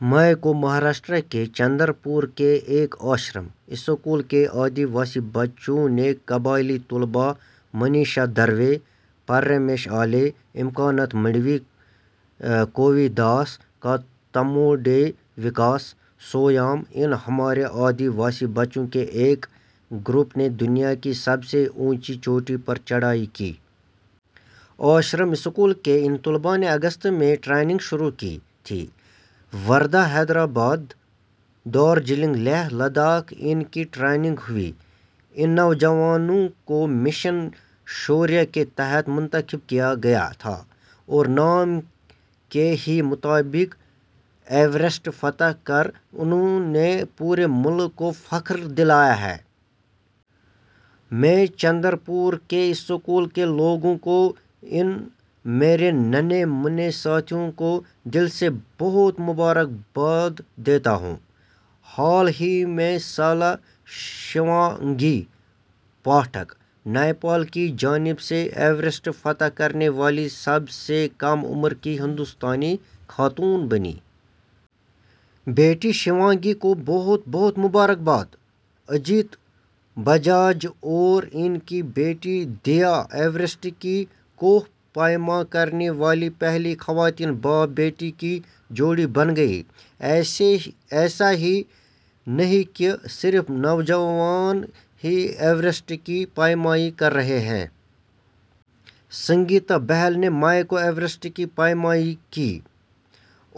مئی کو مہاراشٹر کے چندر پور کے ایک آشرم- اسکول کے آدی واسی بچوں نے قبائلی طلبا – منیشا دھروے، پرمیش آلے، اماکانت مڈوی، کوی داس کاتموڑے، وکاس سویام – ان ہمارے آدی واسی بچوں کے ایک گروپ نے دنیا کی سب سے اونچی چوٹی پر چڑھائی کی۔ آشرم اسکول کے ان طلبا نے اگست میں ٹریننگ شروع کی تھی۔ وردھا، حیدرآباد، دارجلنگ، لیہہ ، لداخ – ان کی ٹریننگ ہوئی۔ ان نوجوانوںکو مشن شوریہ کے تحت منتخب کیا گیا تھا اور نام کے ہی مطابق ایوریسٹ فتح کر انہوں نے پورے ملک کو فخر دلایا ہے۔ میں چندر پور کے اسکول کے لوگوں کو ان میرے ننھے منھے ساتھیوں کو، دل سے بہت بہت مبارکباد دیتا ہوں۔ حال ہی میں سالہ شیوانگی پاٹھک ، نیپال کی جانب سے ایوریسٹ فتح کرنے والی سب سے کم عمر کی ہندوستانی خاتون بنی۔ بیٹی شیوانگی کو بہت بہت مبارکباد۔ اجیت بجاج اور ان کی بیٹی دیا ایوریسٹ کی کوہ پیما کرنے والی پہلی خواتین باپ بیٹی کی جوڑی بن گئی۔ ایسا ہی نہیں کہ صرف نوجوان ہی ایوریسٹ کی پیمائی کر رہے ہیں۔ سنگیتا بہل نے مئی کو ایوریسٹ کی پیمائی کی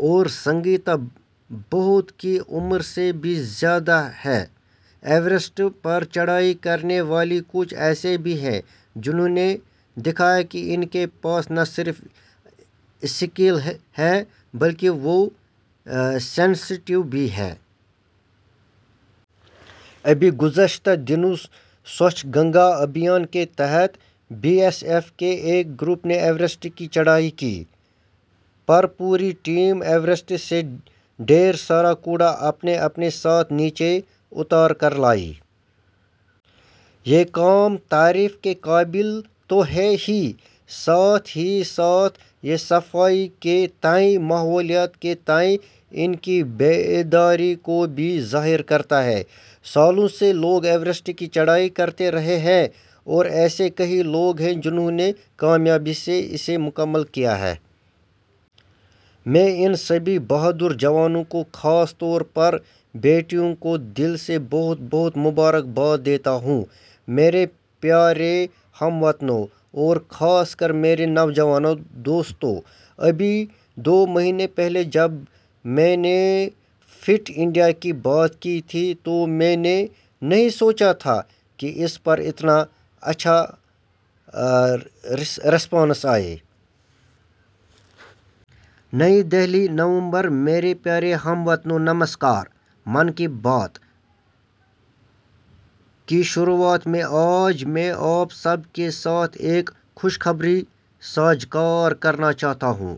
اور سنگیتا بہت کی عمر سے بھی زیادہ ہے۔ ایوریسٹ پر چڑھائی کرنے والے کچھ ایسے بھی ہیں، جنہوں نے دکھایا کہ ان کے پاس نہ صرف اسکیل ہے بلکہ وہ سینسٹیو بھی ہیں۔ ابھی گزشتہ دنوں سوچھ گنگا ابھیان کے تحت بی ایس ایف کے ایک گروپ نے ایوریسٹ کی چڑھائی کی، پر پوری ٹیم ایوریسٹ سے ڈھیر سارا کوڑا اپنے اپنے ساتھ نیچے اتار کر لائی۔ یہ کام تعریف کے قابل تو ہے ہی، ساتھ ہی ساتھ یہ صفائی کے تئیں، ماحولیات کے تئیں ان کی بیداری کو بھی ظاہر کرتا ہے۔ سالوں سے لوگ ایوریسٹ کی چڑھائی کرتے رہے ہیں اور ایسے کئی لوگ ہیں، جنہوں نے کامیابی سے اسے مکمل کیا ہے۔ میں ان سبھی بہادر جوانوں کو، خاص طور پر بیٹیوں کو دل سے بہت بہت مبارکباد دیتا ہوں۔ میرے پیوارے ہم وطنوں اور خاص کر میرے نوجوان دوستوں۔ ابھی دو مہینے پہلے جب میں نے فٹ انڈیا کی بات کی تھی تو میں نے نہیں سوچا تھا کہ اس پر اتنا اچھا رسپانس آئے. نئی دہلی: نومبر،: میرے پیارے ہم وطنو، نمسکار۔ 'من کی بات' کی شروعات میں آج میں، آپ سب کے ساتھ ایک خوشخبری ساجھا کرنا چاہتا ہوں۔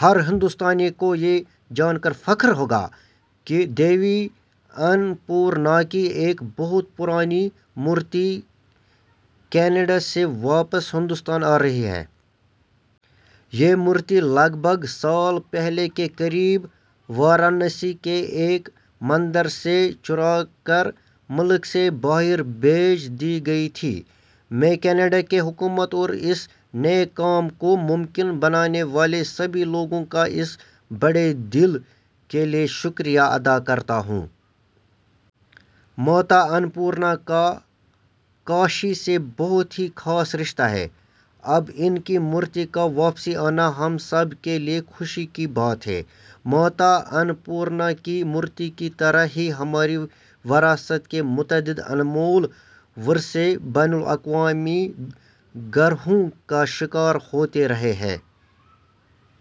ہر ہندوستانی کو یہ جانکر فخر ہوگا کہ دیوی انّ پورناکی ایک بہت پرانی مورتی، کینیڈا سے واپس ہندوستان آرہی ہے۔ یہ مورتی لگ بھگ سال پہلے، کے قریب، وارانسی کے ایک مندر سے چرا کر ملک سے باہر بھیج دی گئی تھی۔ میں، کینیڈا کی حکومت اور اس نیک کام کو ممکن بنانے والے سبھی لوگوں کا اس بڑے دل کیلئے شکریہ ادا کرتا ہوں۔ ماتا انّ پورنا کا کاشی سے بہت ہی خاص رشتہ ہے۔ اب، ان کی مورتی کا واپس آنا، ہم سبھی کیلئے خوشی کی بات ہے۔ ماتا انّ پورنا کی مورتی کی طرح ہی ہماری وراثت کے متعدد انمول ورثے بین الاقوامی گروہوں کا شکار ہوتے رہے ہیں۔